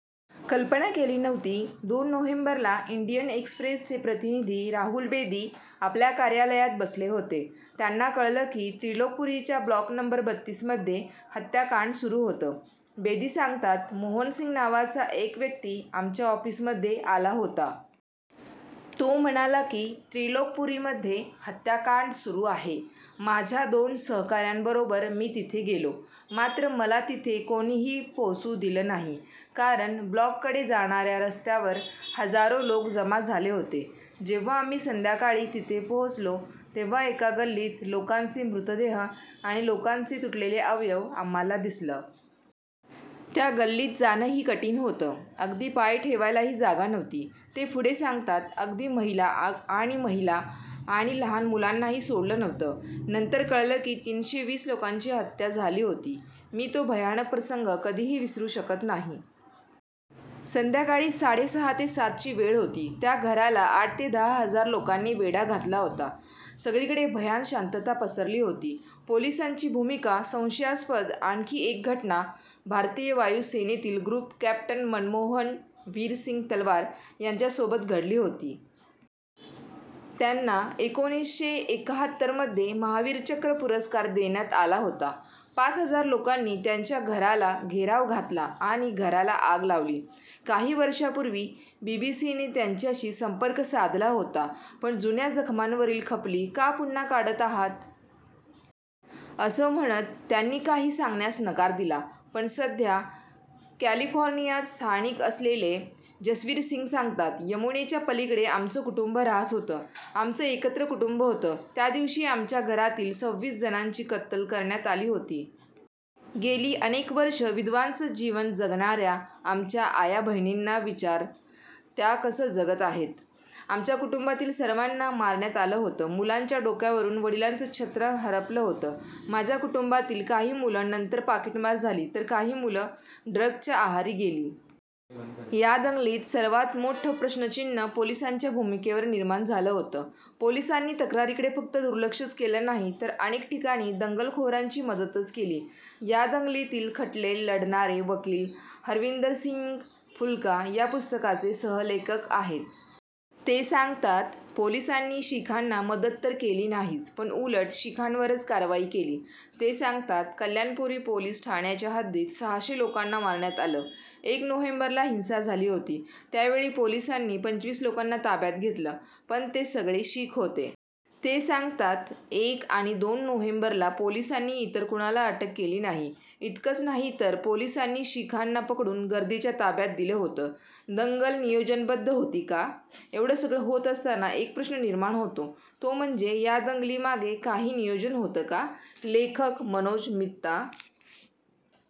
कल्पना केली नव्हती. दोन नोव्हेंबरला इंडियन एक्सप्रेसचे प्रतिनिधी राहुल बेदी आपल्या कार्यालयात बसले होते. त्यांना कळलं की त्रिलोकपुरीच्या ब्लॉक नंबर बत्तीसमध्ये हत्याकांड सुरू होतं. बेदी सांगतात, मोहन सिंग नावाचा एक व्यक्ती आमच्या ऑफिसमध्ये आला होता. तो म्हणाला की त्रिलोकपुरीमध्ये हत्याकांड सुरू आहे. माझ्या दोन सहकाऱ्यांबरोबर मी तिथे गेलो. मात्र मला तिथे कोणीही पोहोचू दिलं नाही. कारण ब्लॉककडे जाणाऱ्या रस्त्यावर हजारो लोक जमा झाले होते. जेव्हा आम्ही संध्याकाळी तिथे पोहोचलो तेव्हा एका गल्लीत लोकांचे मृतदेह आणि लोकांचे तुटलेले अवयव आम्हाला दिसलं. त्या गल्लीत जाणंही कठीण होतं. अगदी पाय ठेवायलाही जागा नव्हती. ते पुढे सांगतात, अगदी महिला आणि महिला आणि लहान मुलांनाही सोडलं नव्हतं. नंतर कळलं की तीनशे वीस लोकांची हत्या झाली होती. मी तो भयानक प्रसंग कधीही विसरू शकत नाही. संध्याकाळी साडेसहा ते सातची वेळ होती. त्या घराला आठ ते दहा हजार लोकांनी वेढा घातला होता. सगळीकडे भयान शांतता पसरली होती. पोलिसांची भूमिका संशयास्पद आणखी एक घटना भारतीय वायुसेनेतील ग्रुप कॅप्टन मनमोहन वीरसिंग तलवार यांच्यासोबत घडली होती. त्यांना एकोणीसशे एकाहत्तरमध्ये महावीर चक्र पुरस्कार देण्यात आला होता. पाच हजार लोकांनी त्यांच्या घराला घेराव घातला आणि घराला आग लावली. काही वर्षांपूर्वी बीबीसीने त्यांच्याशी संपर्क साधला होता. पण जुन्या जखमांवरील खपली का पुन्हा काढत आहात? असं म्हणत त्यांनी काही सांगण्यास नकार दिला. पण सध्या कॅलिफोर्नियात स्थायिक असलेले जसवीर सिंग सांगतात, यमुनेच्या पलीकडे आमचं कुटुंब राहात होतं. आमचं एकत्र कुटुंब होतं. त्या दिवशी आमच्या घरातील सव्वीस जणांची कत्तल करण्यात आली होती. गेली अनेक वर्षं विधवांचं जीवन जगणाऱ्या आमच्या आयाबहिणींना विचार त्या कसं जगत आहेत? आमच्या कुटुंबातील सर्वांना मारण्यात आलं होतं. मुलांच्या डोक्यावरून वडिलांचं छत्र हरपलं होतं. माझ्या कुटुंबातील काही मुलं नंतर पाकीटमार झाली तर काही मुलं ड्रग्जच्या आहारी गेली. या दंगलीत सर्वांत मोठं प्रश्नचिन्ह पोलिसांच्या भूमिकेवर निर्माण झालं होतं. पोलिसांनी तक्रारींकडे फक्त दुलर्क्षचं केलं नाही तर अनेक ठिकाणी दंगलखोरांची मदतच केली. या दंगलीतील खटले लढणारे वकील हरविंदर सिंग फुल्का या पुस्तकाचे सहलेखक आहेत. ते सांगतात, पोलिसांनी शिखांना मदत तर केली नाहीच पण उलट शिखांवरच कारवाई केली. ते सांगतात, कल्याणपुरी पोलीस ठाण्याच्या हद्दीत सहाशे लोकांना मारण्यात आलं. एक नोव्हेंबरला हिंसा झाली होती. त्यावेळी पोलिसांनी पंचवीस लोकांना ताब्यात घेतलं पण ते सगळे शीख होते. ते सांगतात, एक आणि दोन नोव्हेंबरला पोलिसांनी इतर कुणाला अटक केली नाही. इतकंच नाही तर पोलिसांनी शिखांना पकडून गर्दीच्या ताब्यात दिलं होतं. दंगल नियोजनबद्ध होती का? एवढं सगळं होत असताना एक प्रश्न निर्माण होतो तो म्हणजे या दंगली मागे काही नियोजन होतं का? लेखक मनोज मित्ता